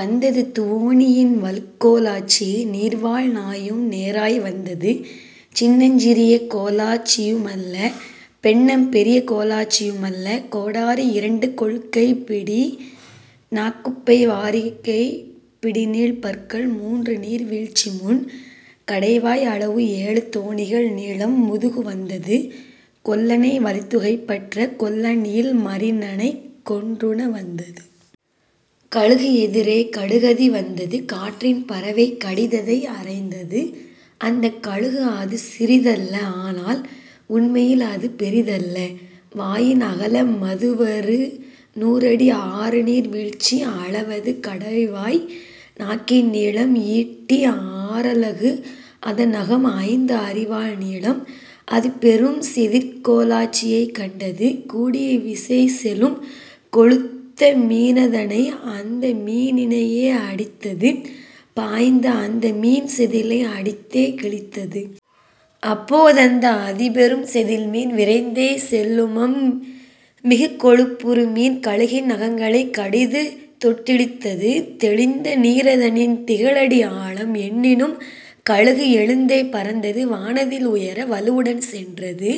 வந்தது துவோனியின் வலுக்கோலாச்சி நீர்வாழ் நாயும் நேராய் வந்தது சின்னஞ் சிறியகோலாச்சியு மல்ல பென்னம் பெரியகோலாச்சியு மல்ல கோடரி இரண்டு கொள்கைப்பிடி நாக்குப்பை வாரிகைப் பிடிநீள் பற்கள் மூன்றுநீர் வீழ்ச்சிமுன் கடைவாய் அளவு ஏழு தோணிகள் நீளம் முதுகு வந்தது கொல்லனை வலிதுகைப்பற்ற கொல்லன்இல் மரினனைக் கொன்றுண வந்தது. கழுகு எதிரே கடுகதி வந்தது காற்றின் பறவை கடிததை அறைந்தது அந்தக் கழுகு அதுசிறி தல்ல ஆனால் உண்மையில் அதுபெரி தல்ல வாயின் அகல மதுவறு நூறடி ஆறுநீர் வீழ்ச்சி அளவது கடைவாய் நாக்கின் நீளம் ஈட்டிஆ றலகு அதன்நகம் ஐந்து அரிவாள் நீளம்; அதுபெரும் செதிற்கோலாச்சியைக் கண்டது கூடிய விசைசெலும் கொழுத்த மீனதனை அந்தமீனினையே அடித்தது பாய்ந்து அந்தமீன் செதிலை அடித்தே கிழித்தது. அப்போ தந்த அதிபெரும் செதில்மீன் விரைந்தே செல்லுமம் மிகுகொழுப்புறுமீன் கழுகின் நகங்களைக் கடிதுதொட்டிழுத்தது தெளிந்தநீ ரதனின் திகழடி ஆழம் என்னினும் கழுகு எழுந்தே பறந்தது வானதில் உயர வலுவுடன் சென்றது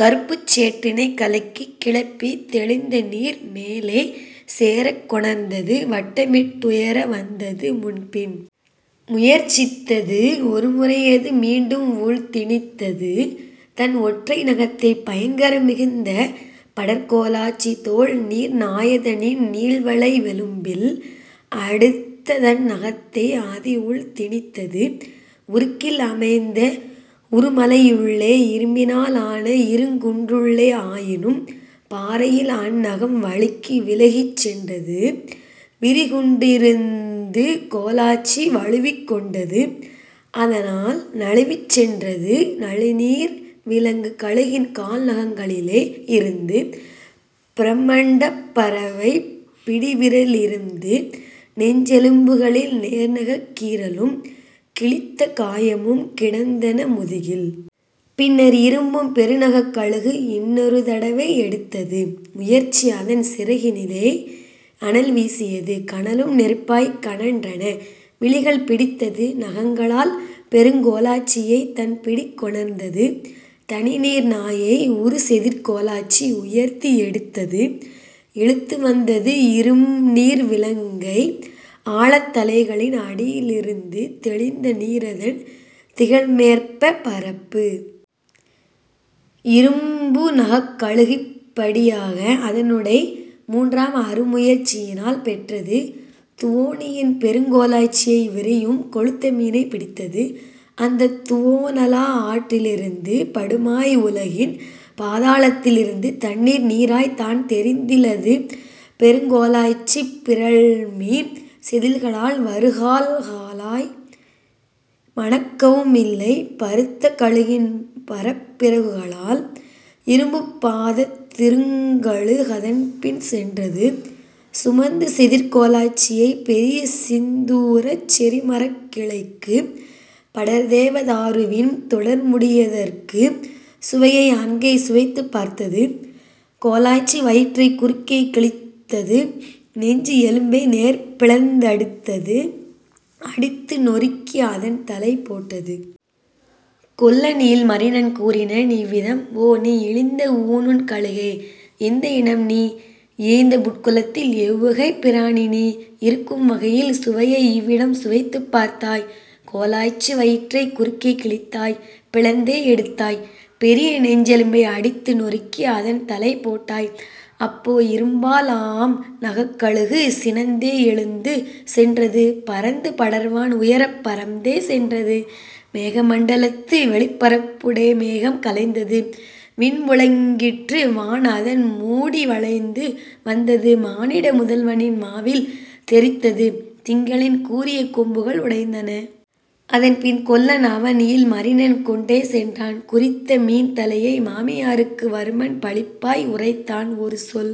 கறுப்புச் சேற்றினைக் கலக்கிக் கிளப்பி தெளிந்தநீர் மேலே சேரக் கொணர்ந்தது. வட்டமிட்டுயர வந்தது முன்பின் முயற்சித்தது ஒருமுறையது மீண்டும் உள்திணித்தது தன்ஒற்றை நகத்தை பயங்கர மிகுந்த படர்கோலாச்சிதோள் நீர்நாயதனின் நீள்வளை வெலும்பில் அடுத்ததன் நகத்தை அதிஉள் திணித்தது உருக்கில் அமைந்த உறும்மலையுள்ளே இரும்பினால் ஆன இருங்குன்றுள்ளே ஆயினும் பாறையில் அந்நகம் வழுக்கி விலகிச் சென்றது விரிகுன்றிருந்து கோலாச்சி வழுவிக் கொண்டது அதனால் நழுவிச் சென்றது நளிர்நீர் விலங்கு கழுகின் கால்நகங்களிலே யிருந்து பிரமண்டப் பறவைப் பிடிவிரலிருந்து நெஞ்செலும்புகளில் நேர்நகக் கீறலும் கிழித்த காயமும் கிடந்தன முதுகில். பின்னர் இரும்புப் பெருநகக்கழுகு இன்னொரு தடவை எடுத்தது முயற்சி அதன்சிறகினிலே அனல்வீசியது கனலும் நெருப்பாய்க் கனன்றன விழிகள் பிடித்தது நகங்களால் பெருங்கோலாச்சியை தன்பிடிக் கொணர்ந்தது தனிநீர் நாயை உறுசெதிர்கோலாச்சி உயர்த்தி எடுத்தது இழுத்து வந்தது இரும்நீர் விலங்கை ஆழத் தலைகளின் அடியிலிருந்து தெளிந்த நீரதன் திகழ்மேற்ப பரப்பு. இரும்பு நகக்கழு கிப்படி யாக அதனுடை மூன்றாம் அருமுயற் சியினால் பெற்றது துவோனியின் பெருங்கோலாச்சியை விரையும் கொழுத்த மீனைப் பிடித்தது அந்தத் துவோனலா ஆற்றிலிருந்து படுமாய் வுலகின் பாதளத்திலிருந்து தண்ணீர் நீராய்த் தான்தெரிந்திலது பெருங்கோலாச்சிப் பிறழ்மீன் செதில்களால் வருகால்காலாய் மணக்கவுமில்லை பருத்த கழுகின் பறப்பிறகுகளால். இரும்புப் பாதத் திருங்கழு கதன்பின் சென்றது சுமந்து செதிற்கோலாச்சியை பெரியசிந்தூரச் செறிமரக்கிளைக்கு படர்தேவ தாருவின் தொடர்முடியதற்கு சுவையை அங்கே சுவைத்துப் பார்த்தது கோலாச்சி வயிற்றைக் குறுக்கே கிழித்தது நெஞ்சு எலும்பை நேர்பிளந்தடுத்தது அடித்து நொருக்கி அதன்தலை போட்டது. கொல்லன்இல் மரினன் கூறினன் இவ்விதம்: ஓ நீ இழிந்த ஊனுண்கழுகே எந்த இனம்நீ இயைந்தபுட்குலத்தில் எவ்வகைப் பிராணிநீ இருக்கும் வகையில் சுவையை இவ்விடம் சுவைத்துப் பார்த்தாய் கோலாச்சி வயிற்றைக் குறுக்கே கிழித்தாய் பிளந்தே எடுத்தாய் பெரியநெஞ்செலும்பை அடித்து நொருக்கி அதன்தலை போட்டாய். அப்போ இரும்பால் ஆம்நகக்கழுகு சினந்தே எழுந்து சென்றது பறந்து படர்வான் உயரப் பறந்தே சென்றது மேகமண்டலத்து வெளிபரப்புடே மேகம் கலைந்தது விண்முழங்கிற்று வான்அதன் மூடி வளைந்து வந்தது மானிட முதல்வனின் மாவில் தெறித்தது திங்களின் கூரிய கொம்புகள் உடைந்தன. அதன்பின் கொல்லன் அவன்இல் மரினன் கொண்டே சென்றான் குறித்தமீன் தலையை மாமியாருக்கு வருமன் பளிப்பாய் உரைத்தான் ஒருசொல்